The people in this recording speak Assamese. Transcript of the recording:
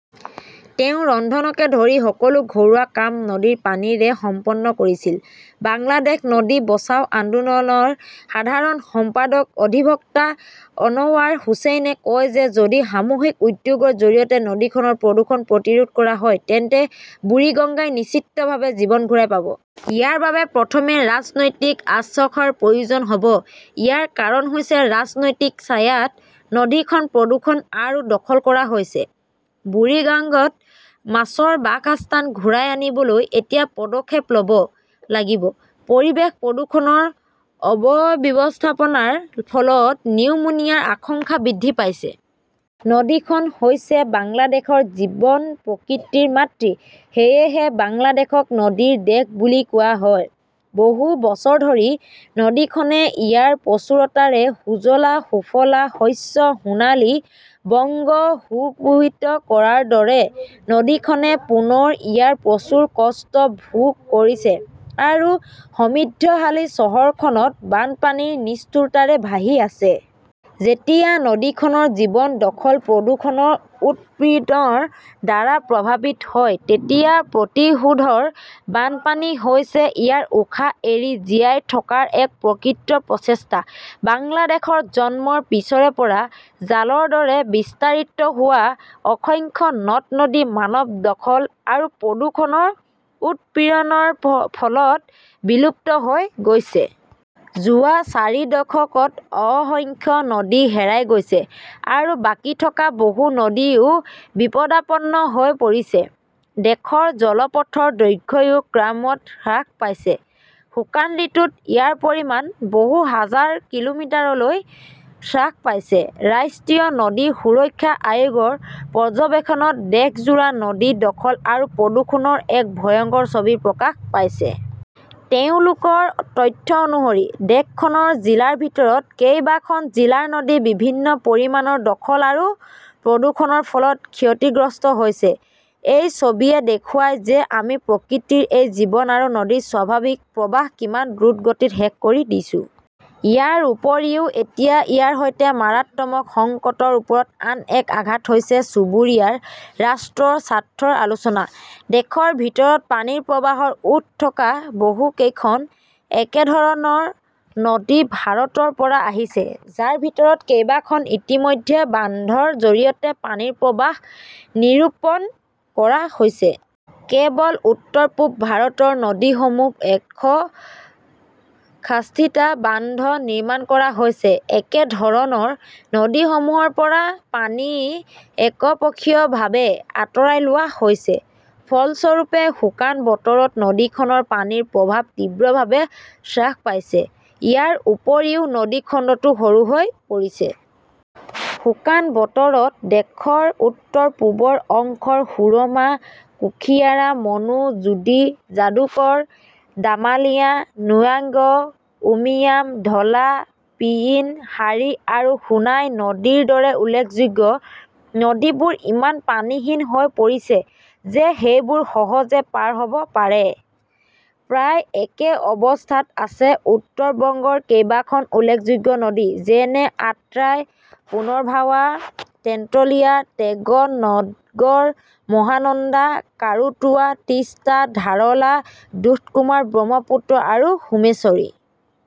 তেওঁ ৰন্ধনকে ধৰি সকলো ঘৰুৱা কাম নদীৰ পানীৰে সম্পন্ন কৰিছিল। বাংলাদেশ নদী বচাও আন্দোলনৰ সাধাৰণ সম্পাদক অধিবক্তা অনৱাৰ হুচেইনে কয় যে যদি সামূহিক উদ্যোগৰ জৰিয়তে নদীখনৰ প্ৰদূষণ প্ৰতিৰোধ কৰা হয় তেন্তে বুৰিগংগাই নিশ্চিতভাৱে জীৱন ঘূৰাই পাব। ইয়াৰ বাবে প্ৰথমে ৰাজনৈতিক আশ্বাসৰ প্ৰয়োজন হ'ব। ইয়াৰ কাৰণ হৈছে ৰাজনৈতিক ছায়াত নদীখন প্ৰদূষণ আৰু দখল কৰা হৈছে। বুৰিগাংগাত মাছৰ বাসস্থান ঘূৰাই আনিবলৈ এতিয়া পদক্ষেপ ল'ব লাগিব। পৰিৱেশ প্ৰদূষণৰ অব্যৱস্থাপনাৰ ফলত নিউমোনিয়াৰ আশংকা বৃদ্ধি পাইছে। নদীখন হৈছে বাংলাদেশৰ জীৱন-প্ৰকৃতিৰ মাতৃ। সেয়েহে বাংলাদেশক নদীৰ দেশ বুলি কোৱা হয়। বহু বছৰ ধৰি নদীখনে ইয়াৰ প্ৰচুৰতাৰে সুজলা-সুফলা শস্য-সোণালী বংগক সুশোভিত কৰাৰ দৰে, নদীখনে পুনৰ ইয়াৰ প্ৰচুৰ কষ্ট ভোগ কৰিছে আৰু সমৃদ্ধিশালী চহৰখনত বানপানীৰ নিষ্ঠুৰতাৰে ভাহি আছে। যেতিয়া নদীখনৰ জীৱন দখল-প্ৰদূষণৰ উৎপীড়নৰ দ্বাৰা প্ৰভাৱিত হয়, তেতিয়া প্ৰতিশোধৰ বানপানী হৈছে ইয়াৰ উশাহ এৰি জীয়াই থকাৰ এক প্ৰকৃত প্ৰচেষ্টা। বাংলাদেশৰ জন্মৰ পিছৰে পৰা জালৰ দৰে বিস্তাৰিত হোৱা অসংখ্য নদ-নদী মানৱ দখল আৰু প্ৰদূষণৰ উৎপীড়নৰ ফলত বিলুপ্ত হৈ গৈছে। যোৱা চাৰি দশকত অসংখ্য নদী হেৰাই গৈছে আৰু বাকী থকা বহু নদীও বিপদাপন্ন হৈ পৰিছে। দেশৰ জলপথৰ দৈৰ্ঘ্যও ক্ৰমাৎ হ্ৰাস পাইছে। শুকান ঋতুত ইয়াৰ পৰিমাণ বহু হাজাৰ কিলোমিটাৰলৈ হ্ৰাস পাইছে। ৰাষ্ট্ৰীয় নদী সুৰক্ষা আয়োগৰ পৰ্যবেক্ষণত দেশজোৰা নদী দখল আৰু প্ৰদূষণৰ এক ভয়ংকৰ ছবি প্ৰকাশ পাইছে। তেওঁলোকৰ তথ্য অনুসৰি, দেশখনৰ জিলাৰ ভিতৰত কেইবাখন জিলাৰ নদী বিভিন্ন পৰিমাণৰ দখল আৰু প্ৰদূষণৰ ফলত ক্ষতিগ্ৰস্ত হৈছে। এই ছবিয়ে দেখুৱায় যে আমি প্ৰকৃতিৰ এই জীৱন আৰু নদীৰ স্বাভাৱিক প্ৰবাহ কিমান দ্ৰুতগতিত শেষ কৰি দিছো। ইয়াৰ উপৰিও, এতিয়া ইয়াৰ সৈতে মাৰাত্মক সংকটৰ ওপৰত আন এক আঘাত হৈছে চুবুৰীয়া ৰাষ্ট্ৰৰ স্বাৰ্থৰ আলোচনা। দেশৰ ভিতৰত পানীৰ প্ৰৱাহৰ উৎস থকা বহু কেইখন একেধৰণৰ নদী ভাৰতৰ পৰা আহিছে, যাৰ ভিতৰত কেইবাখন ইতিমধ্যে বান্ধৰ জৰিয়তে পানীৰ প্ৰৱাহ নিৰূপণ কৰা হৈছে। কেৱল উত্তৰ-পূব ভাৰতৰ নদীসমূহত একশ ষাঠিটা বান্ধ নিৰ্মাণ কৰা হৈছে। একেধৰণৰ নদীসমূহৰ পৰা পানী একপক্ষীয়ভাৱে আঁতৰাই লোৱা হৈছে। ফলস্বৰূপে, শুকান বতৰত নদীখনৰ পানীৰ প্ৰৱাহ তীব্ৰভাৱে হ্ৰাস পাইছে। ইয়াৰ উপৰিও নদী খণ্ডটো সৰু হৈ পৰিছে। শুকান বতৰত, দেশৰ উত্তৰ-পূবৰ অংশৰ সুৰমা, কুশিয়াৰা, মনু, জোডি, যাদুকৰ, দামালিয়া, নোয়াগং, উমিয়াম, ধলা, পিয়িন, শাৰী আৰু সোনাই নদীৰ দৰে উল্লেখযোগ্য নদীবোৰ ইমান পানীহীন হৈ পৰিছে যে সেইবোৰ সহজে পাৰ হ'ব পাৰে। প্ৰায় একে অৱস্থাত আছে উত্তৰ বংগৰ কেইবাখন উল্লেখযোগ্য নদী যেনে আট্ৰাই, পুনৰভাৱা, তেন্তুলিয়া, টেংগন, নগৰ, মহানন্দা, কাৰুতোৱা, তিষ্টা, ধাৰলা, দুধকুমাৰ, ব্ৰহ্মপুত্ৰ আৰু সোমেশ্বৰী।